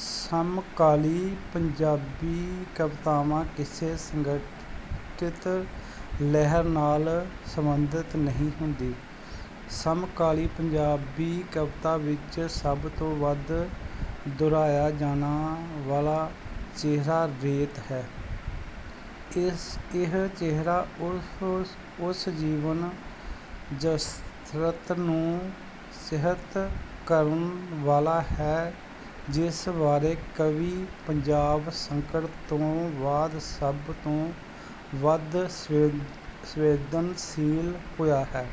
ਸਮਕਾਲੀ ਪੰਜਾਬੀ ਕਵਿਤਾ ਕਿਸੇ ਸੰਗਠਿਤ ਲਹਿਰ ਨਾਲ ਸੰਬੰਧਿਤ ਨਹੀਂ ਹੁੰਦੀ। ਸਮਕਾਲੀ ਪੰਜਾਬੀ ਕਵਿਤਾ ਵਿੱਚ ਸਭ ਤੋਂ ਵੱਧ ਦੁਹਰਾਇਆ ਜਾਣ ਵਾਲਾ ਚਿਹਨ 'ਰੇਤ' ਹੈ। ਇਹ ਚਿਹਨ ਉਸ ਜੀਵਨ- ਯਥਾਰਥ ਨੂੰ ਚਿਹਨਤ ਕਰਨ ਵਾਲਾ ਹੈ ਜਿਸ ਬਾਰੇ ਕਵੀ ਪੰਜਾਬ ਸੰਕਟ ਤੋਂ ਬਾਅਦ ਸਭ ਤੋਂ ਵੱਧ ਸੰਵੇਦਨਸ਼ੀਲ ਹੋਇਆ ਹੈ।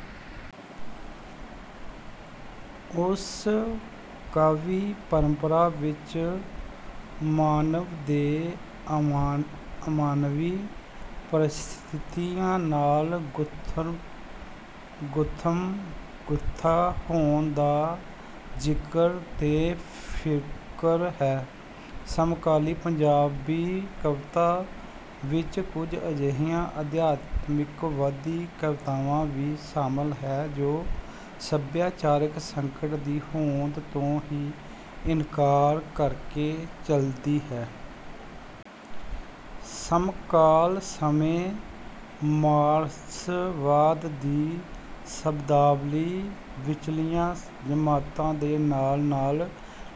ਉਸ ਕਾਵਿ ਪਰੰਪਰਾ ਵਿੱਚ ਮਾਨਵ ਦੇ ਅਮਾਨਵੀ ਪਰਿਸਥਿਤੀ ਨਾਲ ਗੁੱਥਮ-ਗੁੱਥਾ ਹੋਣ ਦਾ ਜ਼ਿਕਰ ਤੇ ਫਿਕਰ ਹੈ। ਸਮਕਾਲੀ ਪੰਜਾਬੀ ਕਵਿਤਾ ਵਿੱਚ ਕੁਝ ਅਜਿਹੀ ਅਧਿਆਤਮਵਾਦੀ ਕਵਿਤਾ ਵੀ ਸ਼ਾਮਲ ਹੈ ਜੋ ਸਭਿਆਚਾਰਕ ਸੰਕਟ ਦੀ ਹੋਂਦ ਤੋਂ ਹੀ ਇਨਕਾਰ ਕਰਕੇ ਚਲਦੀ ਹੈ। ਸਮਕਾਲ ਸਮੇਂ ਮਾਰਕਸਵਾਦ ਦੀ ਸ਼ਬਦਾਵਲੀ ਵਿਚਲੀਆਂ ਜਮਾਤਾਂ ਦੇ ਨਾਲ ਨਾਲ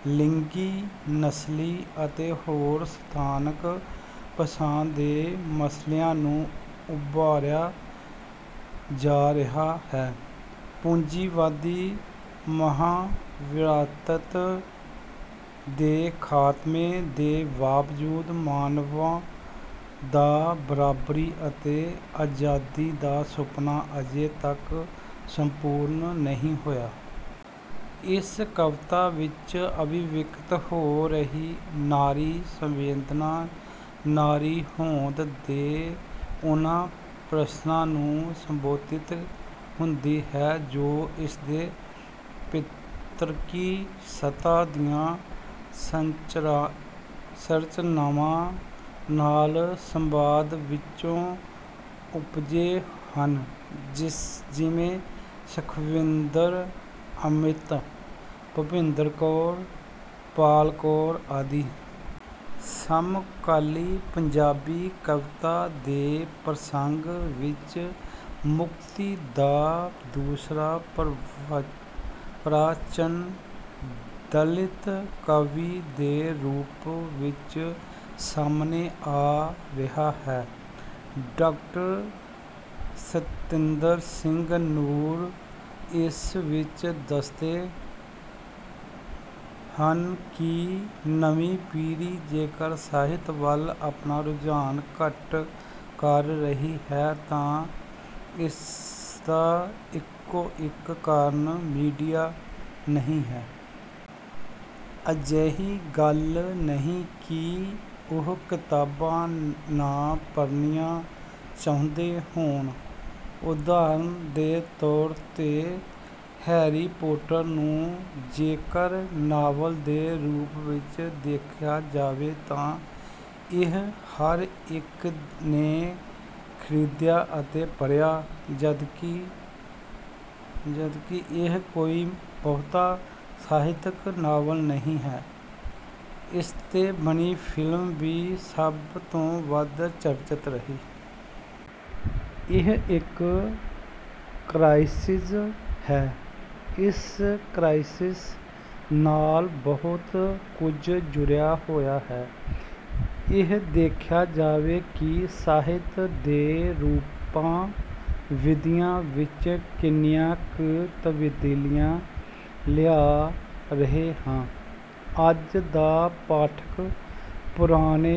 ਲਿੰਗੀ, ਨਸਲੀ ਅਤੇ ਹੋਰ ਸਥਾਨਕ ਪਛਾਣਾਂ ਦੇ ਮਸਲਿਆਂ ਨੂੰ ਉਭਾਰਿਆ ਜਾ ਰਿਹਾ ਹੈ। ਪੂੰਜੀਵਾਦੀ ਮਹਾਂਬਿਰਤਾਂਤ ਦੇ ਖ਼ਾਤਮੇ ਦੇ ਬਾਵਜੂਦ ਮਾਨਵ ਦਾ ਬਰਾਬਰੀ ਅਤੇ ਅਜ਼ਾਦੀ ਦਾ ਸੁਪਨਾ ਅਜੇ ਤੱਕ ਸੰਪੂਰਨ ਨਹੀਂ ਹੋਇਆ। ਇਸ ਕਵਿਤਾ ਵਿੱਚ ਅਭਿਵਿਅਕਤ ਹੋ ਰਹੀ ਨਾਰੀ ਸੰਵੇਦਨਾ, ਨਾਰੀ ਹੋਂਦ ਦੇ ਉਹਨਾਂ ਪ੍ਰਸ਼ਨਾਂ ਨੂੰ ਸੰਬੋਧਿਤ ਹੁੰਦੀ ਹੈ ਜੋ ਇਸਦੇ ਪਿਤਰਕੀ ਸੱਤਾ ਦੀਆਂ ਸੰਰਚਨਾਵਾਂ ਨਾਲ ਸੰਵਾਦ ਵਿਚੋਂ ਉਪਜਦੇ ਹਨ। ਜਿਵੇਂ ਸੁਖਵਿੰਦਰ ਅੰਮਿ੍ਤ, ਭੁਪਿੰਦਰ ਕੌਰ, ਪਾਲ ਕੌਰ ਆਦਿ। ਸਮਕਾਲੀ ਪੰਜਾਬੀ ਕਵਿਤਾ ਦੇ ਪ੍ਰਸੰਗ ਵਿੱਚ ਮੁਕਤੀ ਦਾ ਦੂਸਰਾ ਪ੍ਰਵਚਨ ਦਲਿਤ-ਕਾਵਿ ਦੇ ਰੂਪ ਵਿੱਚ ਸਾਹਮਣੇ ਆ ਰਿਹਾ ਹੈ। ਡਾ. ਸਤਿੰਦਰ ਸਿੰਘ ਨੂਰ ਇਸ ਵਿੱਚ ਦੱਸਦੇ ਹਨ ਕਿ ਨਵੀਂ ਪੀੜ੍ਹੀ ਜੇਕਰ ਸਾਹਿਤ ਵੱਲ ਆਪਣਾ ਰੁਝਾਨ ਘੱਟ ਕਰ ਰਹੀ ਹੈ ਤਾਂ ਇਸਦਾ ਇੱਕੋ ਇਕ ਕਾਰਨ ਮੀਡੀਆ ਨਹੀਂ ਹੈ। ਅਜਿਹੀ ਗੱਲ ਨਹੀਂ ਕਿ ਉਹ ਕਿਤਾਬਾਂ ਨਾ ਪੜ੍ਹਨੀਆਂ ਚਾਹੁੰਦੇ ਹੋਣ। ਉਦਾਹਰਣ ਦੇ ਤੌਰ ਤੇ 'ਹੈਰੀ ਪੋਟਰ' ਨੂੰ ਜੇਕਰ ਨਾਵਲ ਦੇ ਰੂਪ ਵਿੱਚ ਦੇਖਿਆ ਜਾਵੇ ਤਾਂ ਇਹ ਹਰ ਇਕ ਨੇ ਖ਼ਰੀਦਿਆ ਅਤੇ ਪੜ੍ਹਿਆ ਜਦਕਿ ਇਹ ਕੋਈ ਬਹੁਤਾ ਸਾਹਿਤਕ ਨਾਵਲ ਨਹੀਂ ਅਤੇ ਇਸਤੇ ਬਣੀ ਫ਼ਿਲਮ ਵੀ ਸਭ ਤੋਂ ਵੱਧ ਚਰਚਿਤ ਰਹੀ। ਇਹ ਇਕ ਕ੍ਰਾਈਸਿਜ਼ ਹੈ। ਇਸ ਕ੍ਰਾਈਸਿਜ਼ ਨਾਲ ਬਹੁਤ ਕੁਝ ਜੁੜਿਆ ਹੋਇਆ ਹੈ। ਇਹ ਦੇਖਿਆ ਜਾਵੇ ਕਿ ਸਾਹਿਤ ਦੇ ਰੂਪਾਂ/ ਵਿਧੀਆਂ ਵਿੱਚ ਕਿੰਨੀਆਂ ਕਿ ਤਬਦੀਲੀਆਂ ਲਿਆ ਰਹੇ ਹਾਂ। ਅੱਜ ਦਾ ਪਾਠਕ ਪੁਰਾਣੇ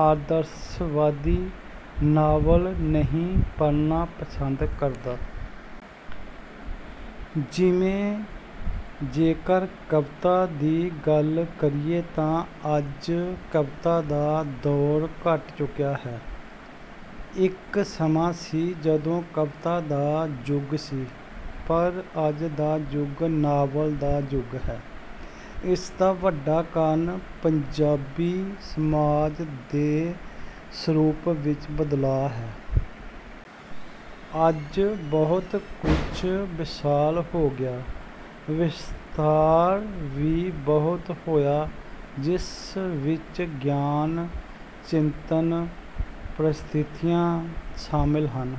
ਆਦਰਸ਼ਵਾਦੀ ਨਾਵਲ ਨਹੀਂ ਪੜ੍ਹਨਾ ਪਸੰਦ ਕਰਦਾ। ਜਿਵੇਂ ਜੇਕਰ ਕਵਿਤਾ ਦੀ ਗੱਲ ਕਰੀਏ ਤਾਂ ਅੱਜ ਕਵਿਤਾ ਦਾ ਦੌਰ ਘਟ ਚੁੱਕਿਆ ਹੈ। ਇਕ ਸਮਾਂ ਸੀ ਜਦੋਂ ਕਵਿਤਾ ਦਾ ਯੁਗ ਸੀ। ਪਰ ਅੱਜ ਦਾ ਯੁਗ ਨਾਵਲ ਦਾ ਯੁਗ ਹੈ। ਇਸਦਾ ਵੱਡਾ ਕਾਰਨ ਪੰਜਾਬੀ ਸਮਾਜ ਦੇ ਸਰੂਪ ਵਿੱਚ ਬਦਲਾਅ ਹੈ। ਅੱਜ ਬਹੁਤ ਕੁਝ ਵਿਸ਼ਾਲ ਹੋ ਗਿਆ। ਵਿਸਥਾਰ ਵੀ ਬਹੁਤ ਹੋਇਆ ਜਿਸ ਵਿੱਚ ਗਿਆਨ, ਚਿੰਤਨ, ਪਰਿਸਥਿਤੀਆਂ ਸ਼ਾਮਿਲ ਹਨ।